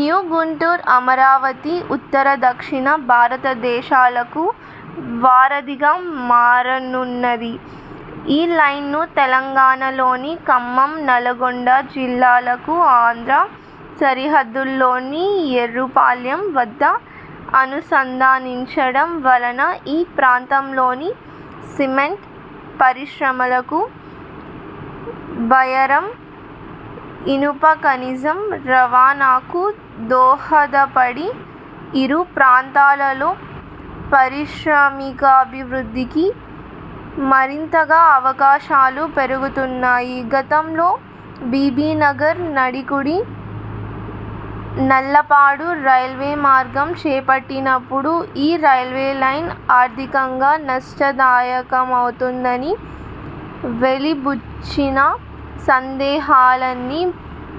న్యూగుంటూరు, అమరావతి ఉత్తర–దక్షిణ భారతదేశాలకు వారధిగా మారనున్నది. ఈ లైన్ను తెలంగాణలోని ఖమ్మం, నల్గొండ జిల్లాలకు ఆంధ్ర సరిహద్దులోని ఎర్రుపాలెం వద్ద అనుసంధానించడం వలన ఈ ప్రాంతంలోని సిమెంట్ పరిశ్రమలకు, బయ్యారం ఇనుపఖనిజం రవాణాకు దోహదపడి ఇరు ప్రాంతాలలో పారిశ్రామికాభివృద్ధికి మరింతగా అవకాశాలు పెరుగుతాయి. గతంలో బీబీనగర్– నడికుడి– నల్లపాడు రైల్వే మార్గం చేపట్టినప్పుడు ఈ రైల్వేలైన్ ఆర్థికంగా నష్టదాయకమవుతుందని వెలిబుచ్చిన సందేహాలన్నీ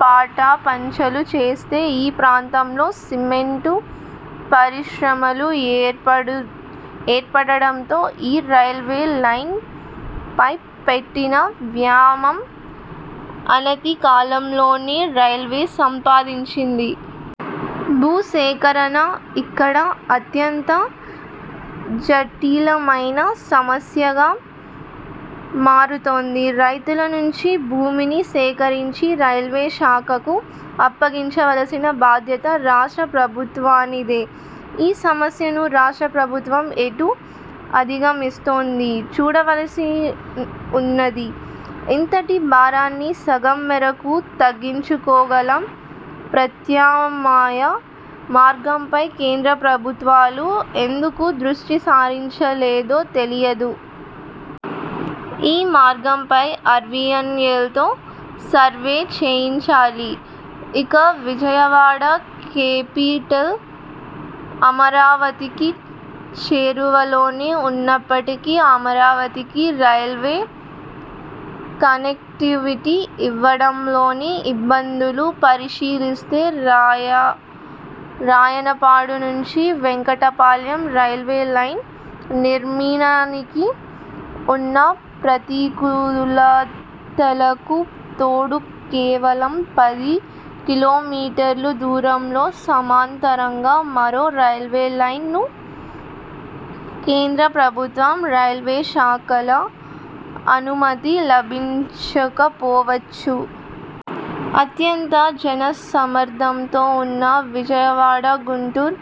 పటాపంచలు చేస్తూ ఈ ప్రాంతంలో సిమెంటు పరిశ్రమలు ఏర్పడడంతో ఈ రైల్వే లైన్ పై పెట్టిన వ్యయం అనతి కాలంలోనే రైల్వే సంపాదించింది. భూసేకరణ ఇక్కడ అత్యంత జటిలమైన సమస్యగా మారుతుంది. రైతుల నుంచి భూమిని సేకరించి రైల్వే శాఖకు అప్పగించవలసిన బాధ్యత రాష్ట్ర ప్రభుత్వానిదే. ఈ సమస్యను రాష్ట్ర ప్రభుత్వం ఎట్లా అధిగమిస్తుందో చూడవలసి ఉన్నది. ఇంతటి భారాన్ని సగం మేరకు తగ్గించుకొనగల ప్రత్యామ్నాయ మార్గంపై కేంద్ర ప్రభుత్వాలు ఎందుకు దృష్టిసారించలేదో తెలియదు. ఈ మార్గంపై ఆర్వియన్ఎల్తో సర్వే చేయించాలి. ఇక విజయవాడ కేపిటల్ అమరావతికి చేరువలోనే ఉన్నప్పటికీ అమరావతికి రైల్వే కనెక్టివిటీ ఇవ్వడంలోని ఇబ్బందులు పరిశీలిస్తే రాయనపాడు నుంచి వెంకటపాలెం రైల్వే లైన్ నిర్మాణానికి ఉన్న ప్రతికూలతలకు తోడు కేవలం పది కి. మీల దూరంలో సమాంతరంగా మరో రైల్వే లైన్కు కేంద్ర ప్రభుత్వం, రైల్వే శాఖల అనుమతి లభించకపోవచ్చు. అత్యంత జనసమ్మర్దంతో ఉన్న విజయవాడ, గుంటూరు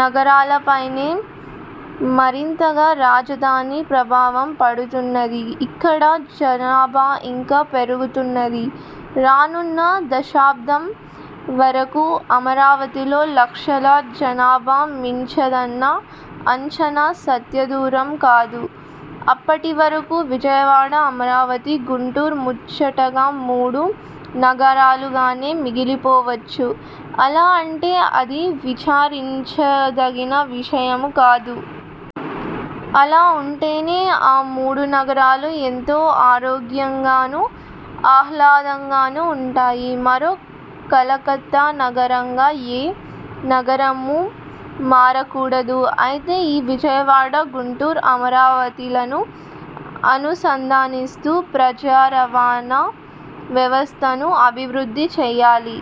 నగరాలపైనే మరింతగా రాజధాని ప్రభావం పడుతున్నది. ఇక్కడ జనాభా ఇంకా పెరగనున్నది. రానున్న దశాబ్దం వరకు అమరావతిలో లక్షల జనాభా మించదన్న అంచనా సత్యదూరం కాదు. అప్పటివరకు విజయవాడ, అమరావతి, గుంటూరు ముచ్చటగా మూడు నగరాలుగానే మిగిలిపోవచ్చు. అలా ఉంటే అది విచారించదగిన విషయమూ కాదు. అలా ఉంటేనే ఆ మూడు నగరాలు ఎంతో ఆరోగ్యంగానూ, ఆహ్లాదంగానూ ఉంటాయి. మరో కలకత్తా నగరంగా ఏ నగరమూ మారకూడదు. అయితే ఈ విజయవాడ, గుంటూరు, అమరావతిలను అనుసంధానిస్తూ ప్రజారవాణా వ్యవస్థను అభివృద్ధి చేయాలి.